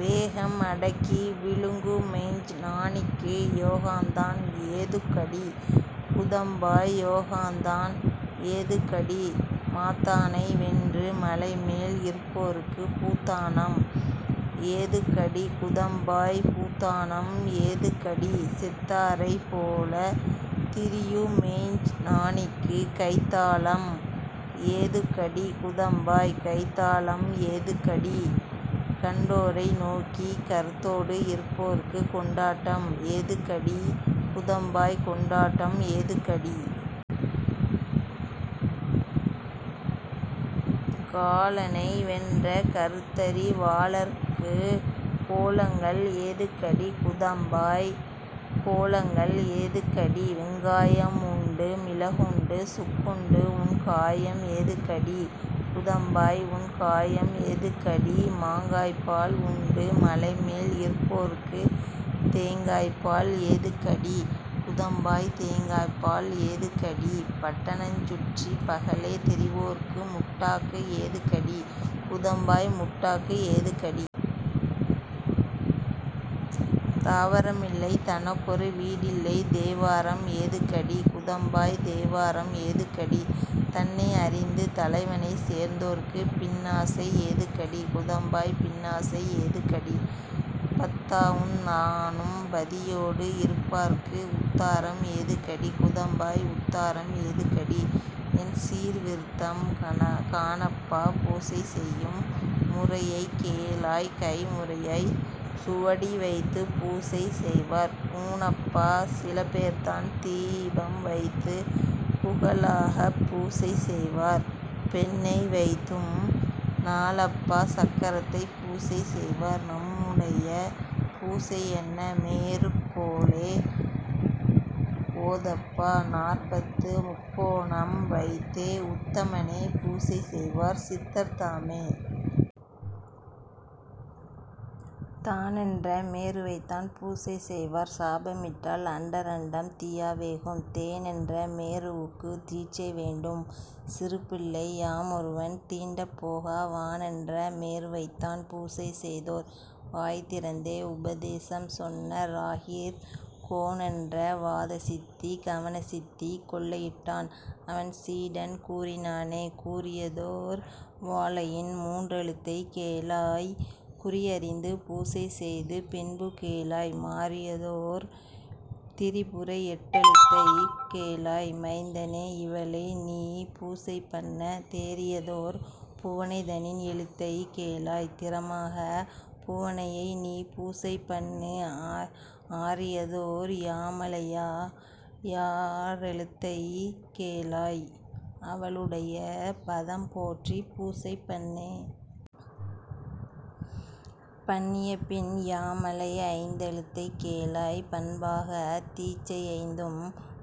வேகம் அடக்கி விளங்குமெய்ஞ் ஞானிக்கு யோகந்தான் ஏதுக்கடி குதம்பாய் யோகந்தான் ஏதுக்கடி? மாத்தானை வென்று மலைமேல் இருப்போர்க்குப் பூத்தானம் ஏதுக்கடி குதம்பாய் பூத்தானம் ஏதுக்கடி? செத்தாரைப் போலத் திரியுமெய்ஞ் ஞானிக்கு கைத்தாளம் ஏதுக்கடி குதம்பாய் கைத்தாளம் ஏதுக்கடி? கண்டாரை நோக்கிக் கருத்தோடு இருப்போர்க்குக் கொண்டாட்டம் ஏதுக்கடி குதம்பாய் கொண்டாட்டம் ஏதுக்கடி? காலனை வென்ற கருத்தறி வாளர்க்குக் கோலங்கள் ஏதுக்கடி குதம்பாய் கோலங்கள் ஏதுக்கடி? வெங்காயம் உண்டு மிளகுண்டு சுக்குண்டு உண்காயம் ஏதுக்கடி குதம்பாய் உண்காயம் ஏதுக்கடி? மாங்காய்ப்பால் உண்டு மலைமேல் இருப்போர்க்குத் தேங்காய்ப்பால் ஏதுக்கடி குதம்பாய் தேங்காய்ப்பால் ஏதுக்கடி? பட்டணஞ் சுற்றிப் பகலே திரிவோர்க்கு முட்டாக்கு ஏதுக்கடி குதம்பாய் முட்டாக்கு ஏதுக்கடி? தாவரமில்லை தனக்கொரு வீடில்லை தேவாரம் ஏதுக்கடி குதம்பாய் தேவாரம் ஏதுக்கடி? தன்னை அறிந்து தலைவனைச் சேர்ந்தோர்க்குப் பின்னாசை ஏதுக்கடி குதம்பாய் பின்னாசை ஏதுக்கடி? பத்தாவுந் தானும் பதியோடு இருப்பார்க்கு உத்தாரம் ஏதுக்கடி குதம்பாய் உத்தாரம் ஏதுக்கடி? எண்சீர் விருத்தம் காணப்பா பூசைசெய்யும் முறையைக் கேளாய் கைம்முறையாய்ச் சுவடிவைத்துப் பூசை செய்வார் பூணப்பா சிலபேர்தான் தீபம் வைத்துப் புகழாகப் பூசை செய்வார் பெண்ணை வைத்தும் நாளப்பா சக்கரத்தைப் பூசை செய்வார் நம்முடைய பூசையென்ன மேருப் போலே ஓதப்பா நாற்பத்துமுக் கோணம் வைத்தே உத்தமனே பூசை செய்வார் சித்தர்தாமே. தானென்ற மேருவைத்தான் பூசை செய்வார் சாபமிட்டால் அண்டரண்டம் தீயா வேகும் தேனென்ற மேருவுக்குத் தீட்சை வேண்டும் சிறுபிள்ளை யாமொருவன் தீண்டப்போகா வானென்ற மேருவைத்தான் பூசை செய்தோர் வாய்திறந்தே உபதேசம் சொன்ன ராகிற் கோனென்ற வாதசித்தி கவன சித்தி கொள்ளையிட்டான் அவன் சீடன் கூறினானே. கூறியதோர் வாலையின்மூன் றெழுத்தைக் கேளாய் குறியறிந்து பூசை செய்து பின்பு கேளாய் மாறியதோர் திரிபுரையெட் டெழுத்தைக் கேளாய் மைந்தனே இவளை நீபூசை பண்ணத் தேறியதோர் புவனைதனின் எழுத்தைக் கேளாய் திறமாகப் புவனையைநீ பூசை பண்ணு ஆறியதோர் யாமளையா றெழுத்தை கேளாய் அவளுடைய பதம் போற்றிப் பூசைபண்ணே. பண்ணியபின் யாமளைஐந் தெழுத்தைக் கேளாய் பண்பாகத் தீட்சையைந்தும்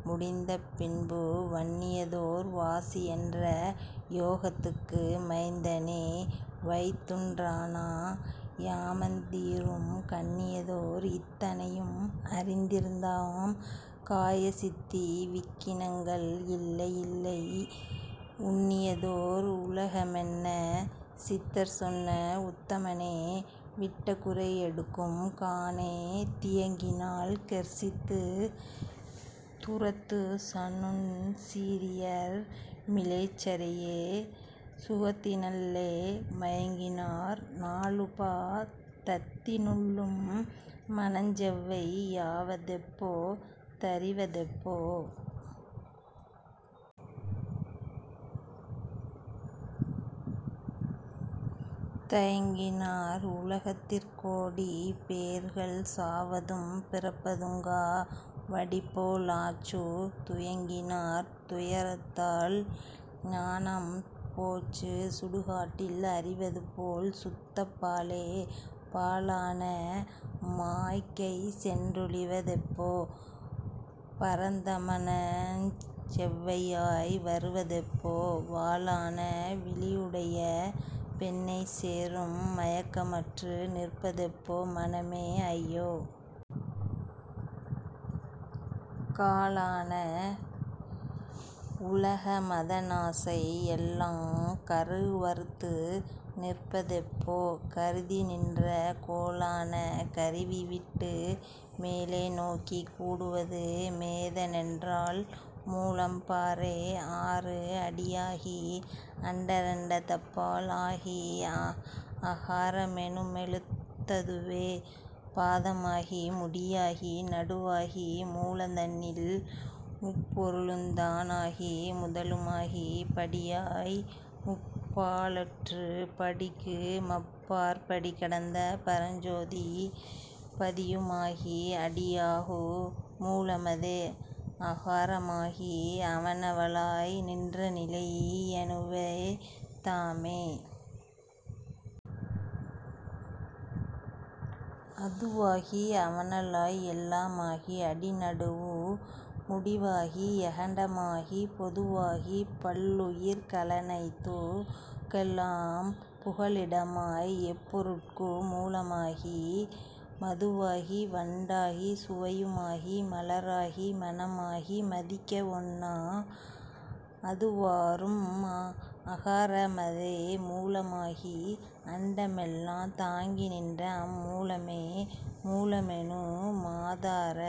முடிந்த பின்பு வண்ணியதோர் வாசியென்ற யோகத் துக்கு மைந்தனே வைத்துப்ராணா யாமந் தீரும் கண்ணியதோர் இத்தனையும் அறிந்தி ருந்தாம் காயசித்தி விக்கினங்கள் இல்லை யில்லை உண்ணியதோர் உலகமென்ன சித்தர் சொன்ன உத்தமனே விட்டகுறை எடுக்கும் காணே தியங்கினால் கெர்சித்துத் துரத்துச் சண்ணுஞ் சீறியர் மிலேச்சரையே சுகத்தினள்ளே மயங்கினார் நாலுபா தத்தி னுள்ளும் மனஞ்செவ்வை யாவதெப்போ தறிவதெப்போ? தயங்கினார் உலகத்திற் கோடி பேர்கள் சாவதும் பிறப்பதுங்கா வடிபோ லாச்சு துயங்கினார் துயரத்தால் ஞானம் போச்சு சுடுகாட்டில் அறிவதுபோல் சுத்தப் பாழே. பாழான மாய்கைசென் றொழிவ தெப்போ? பரந் தமனஞ் செவ்வையாய் வருவ தெப்போ? வாளான விழியுடைய பெண்ணைச் சேரும் மயக்கமற்று நிற்பதெப்போ? மனமே ஐயோ? காழான உலகமத னாசை யெல்லாங் கருவறுத்து நிற்பதெப்போ? கருதி நின்ற கோளான கருவிவிட்டு மேலே நோக்கிக் கூடுவது மேதனென்றால் மூலம்பாரே. ஆறு அடியாகி அண்டரண்டத் தப்பால் ஆகி அகாரமெனுமெழுத் ததுவே பாதமாகி முடியாகி நடுவாகி மூலந் தன்னில் முப்பொருளுந் தானாகி முதலுமாகிப் படியாய்முப் பாழற்றுப் படிக்கு மப்பாற் படிகடந்த பரஞ்சோதிப் பதியுமாகி அடியாகு மூலமதே அகார மாகி அவனவளாய் நின்றநிலை யணுவ தாமே. அதுவாகி அவனளாய் எல்லா மாகி அடிநடுவு முடிவாகி யகண்ட மாகிப் பொதுவாகிப் பல்லுயிர்க ளனைத்துக் கெல்லாம் புகலிடமாய் எப்பொருட்கு மூலமாகி மதுவாகி வண்டாகிச் சுவையு மாகி மலராகி மணமாகி மதிக்க வொண்ணா அதுவாரும் அகாரமதே மூலமாகி அண்டமெல்லாந் தாங்கிநின்ற அம்மூலமே. மூலமெனு மாதார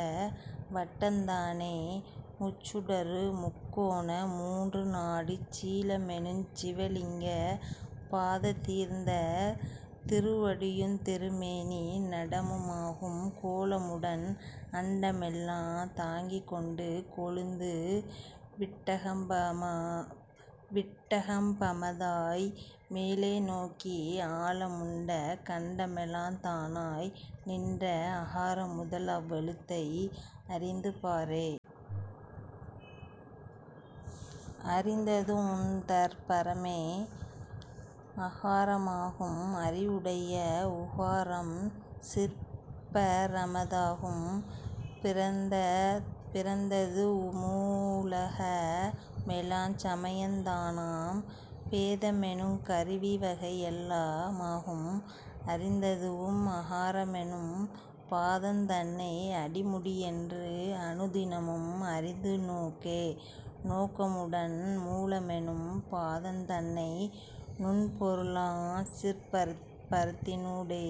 வட்டந் தானே முச்சுடரு முக்கோண மூன்று நாடிச் சீலமெனுஞ் சிவலிங்க பாத தீர்த்தந் திருவடியுந் திருமேனி நடமுமாகும் கோலமுடன் அன்ட மெல்லாந் தாங்கிக்கொண்டு கொழுந்து விட்டகம்பமதாய் மேலேநோக்கி ஆலமுண்ட கண்டமெலாந் தானாய் நின்ற அகாரமுதல் அவ்வெழுத்தை அறிந்துபாரே. அரிந்ததுவுந் தற்பரமே அகார மாகும் அறிவுடைய உகாரம்சிற் பரம தாகும் பிறந்ததுவு முலகமெலாஞ் சமயந் தானாம் பேதமெனுங் கருவிவகை யெல்லா மாகும் அறிந்ததுவும் அகாரமெனும் பாதந் தன்னை அடிமுடியென்று அனுதினமும் அறிந்து நோக்கே. நோக்கமுடன் மூலமெனும் பாதந் தன்னை நுண்பொருளாஞ் சிற்பரத்தினூடே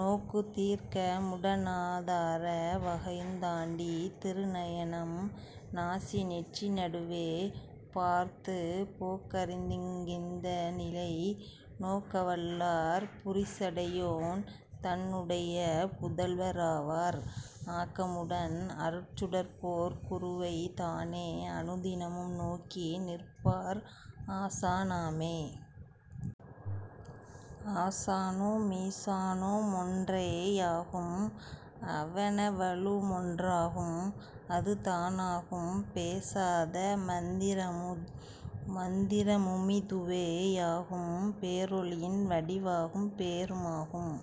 நோக்கு தீர்க்கமுட னாதார வகையுந் தாண்டித் திருநயனம் நாசிநெற்றி நடுவே பார்த்துப் போக்கறிந்திங் கிந்தநிலை நோக்க வல்லார் புரிசடையோன் தன்னுடைய புதல்வ ராவார் ஆக்கமுடன் அருட்சுடர்போற் குருவைத் தானே அனுதினமும் நோக்கி நிற்பார் ஆசானாமே. ஆசானு மீசானு மொன்றே யாகும் அவனவளு மொன்றாகும் அது தானாகும் பேசாத மந்திரமு மிதுவே யாகும் பேரொளியின் வடிவாகும் பேரு மாகும்